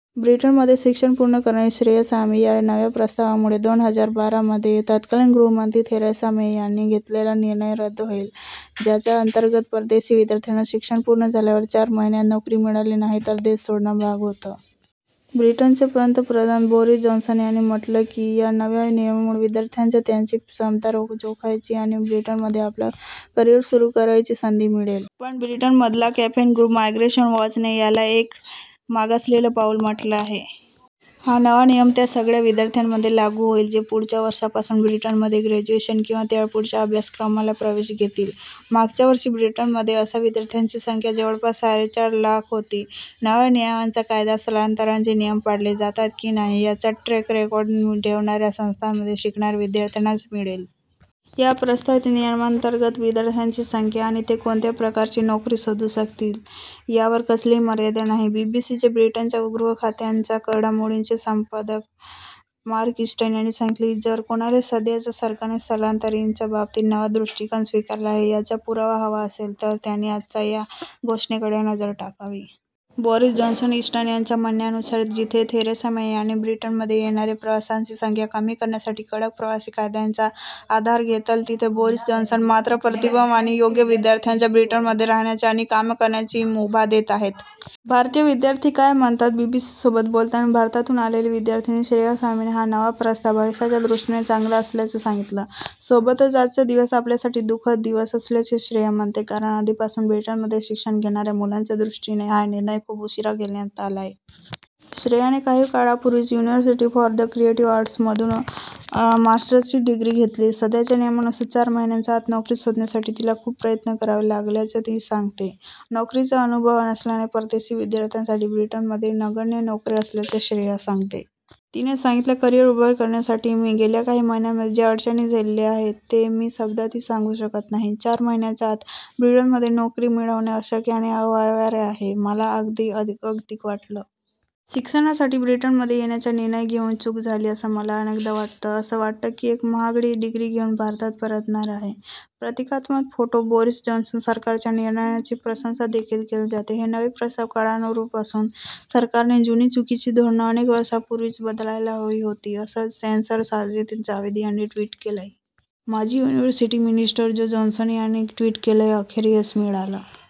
ब्रिटनमध्ये शिक्षण पूर्ण करणारी श्रेया स्वामी या नव्या प्रस्तावामुळे दोन हजार बारा मध्ये तत्कालीन गृहमंत्री थेरेसा मे यांनी घेतलेला निर्णय रद्द होईल ज्याच्या अंतर्गत परदेशी विद्यार्थ्यांना शिक्षण पूर्ण झाल्यावर चार महिन्यात नोकरी मिळाली नाही तर देश सोडणं भाग होतं. ब्रिटनचे पंतप्रधान बोरिस जॉन्सन यांनी म्हटलं की या नव्या नियमामुळे विद्यार्थ्यांना त्यांची क्षमता जोखायची आणि ब्रिटनमध्ये आपलं करिअर सुरू करायची संधी मिळेल. पण ब्रिटनमधला कँपेन ग्रुप 'मायग्रेशन वॉच'ने याला एक 'मागासलेलं पाऊल' म्हटलं आहे. हा नवा नियम त्या सगळ्या विद्यार्थ्यांसाठी लागू होईल जे पुढच्या वर्षापासून ब्रिटनमध्ये ग्रॅज्युएशन किंवा त्यापुढच्या अभ्यासक्रमाला प्रवेश घेतील. मागच्या वर्षी ब्रिटनमध्ये अशा विद्यार्थ्यांची संख्या जवळपास साडेचार लाख होती. नव्या नियमांचा फायदा स्थलांतराचे नियम पाळले जातात की नाही याचा ट्रॅक रेकॉर्ड ठेवणाऱ्या संस्थांमध्ये शिकणाऱ्या विद्यार्थ्यांनाच मिळेल. या प्रस्तावित नियमांतर्गत विद्यार्थ्यांची संख्या आणि ते कोणत्या प्रकारची नोकरी शोधू शकतील यावर कसलीही मर्यादा नाही. बीबीसीचे ब्रिटनच्या गृहखात्यांच्या घडामोडींचे संपादक मार्क इस्टन यांनी सांगितलं की जर कोणालाही सध्याच्या सरकारने स्थलांतरितांच्या बाबतीत नवा दृष्टीकोन स्वीकारला आहे याचा पुरावा हवा असेल तर त्यांनी आजच्या या घोषणेकडे नजर टाकावी. बोरिस जॉन्सन ईस्टन यांच्या म्हणण्यानुसार जिथे थेरेसा मे यांनी ब्रिटनमध्ये येणाऱ्या प्रवाशांची संख्या कमी करण्यासाठी कडक प्रवासी कायद्यांचा आधार घेताल तिथे बोरिस जॉन्सन मात्र प्रतिभावान आणि योग्य विद्यार्थ्यांना ब्रिटनमध्ये राहाण्याची आणि काम करण्याची मुभा देत आहेत. भारतीय विद्यार्थी काय म्हणतात? बीबीसीसोबत बोलताना भारतातून आलेली विद्यार्थिनी श्रेया स्वामीने हा नवा प्रस्ताव भविष्याच्या दृष्टीने चांगला असल्याचं सांगितलं. सोबतच आजचा दिवस आपल्यासाठी 'दुखःद दिवस' असल्याचंही श्रेया म्हणते कारण आधीपासून ब्रिटनमध्ये शिक्षण घेणाऱ्या मुलांच्या दृष्टीने हा निर्णय खूप उशीरा घेण्यात आलाय. श्रेयाने काही काळापूर्वीच 'युनिव्हर्सिटी फॉर द क्रिएटिव्ह आर्ट्स'मधून मार्स्टर्सची डिग्री घेतली. सध्याच्या नियमांनुसार चार महिन्यांच्या आत नोकरी शोधण्यासाठी तिला खूप प्रयत्न करावे लागल्याचं ती सांगते. नोकरीचा अनुभव नसल्याने परदेशी विद्यार्थ्यांसाठी ब्रिटनमध्ये नगण्य नोकऱ्या असल्याचं श्रेया सांगते. तिने सांगितलं करियर उभं करण्यासाठी मी गेल्या काही महिन्यांमध्ये ज्या अडचणी झेलल्या आहेत ते मी शब्दांतही सांगू शकत नाही. चार महिन्यांच्या आत ब्रिटनमध्ये नोकरी मिळवणं अशक्य आणि अव्यवहार्य आहे. मला अगदी अगतिक वाटलं. शिक्षणासाठी ब्रिटनमध्ये येण्याचा निर्णय घेऊन चूक झाली असं मला अनेकदा वाटतं. असं वाटतं की एक महागडी डिग्री घेऊन भारतात परतणार आहे. प्रतीकात्मक फोटो बोरिस जॉन्सन सरकारच्या या निर्णयाची प्रशंसादेखील केली जातेय. हे नवे प्रस्ताव काळानुरूप असून सरकाने जुनी चुकीची धोरणं अनेक वर्षांपूर्वीच बदलायलाच हवी होती, असं चॅन्सलर साजिद जाविद यांनी ट्विट केलंय. माजी 'युनिव्हर्सिटी मिनिस्टर' जो जॉन्सन यांनी ट्वीट केलंय, अखेर यश मिळालं.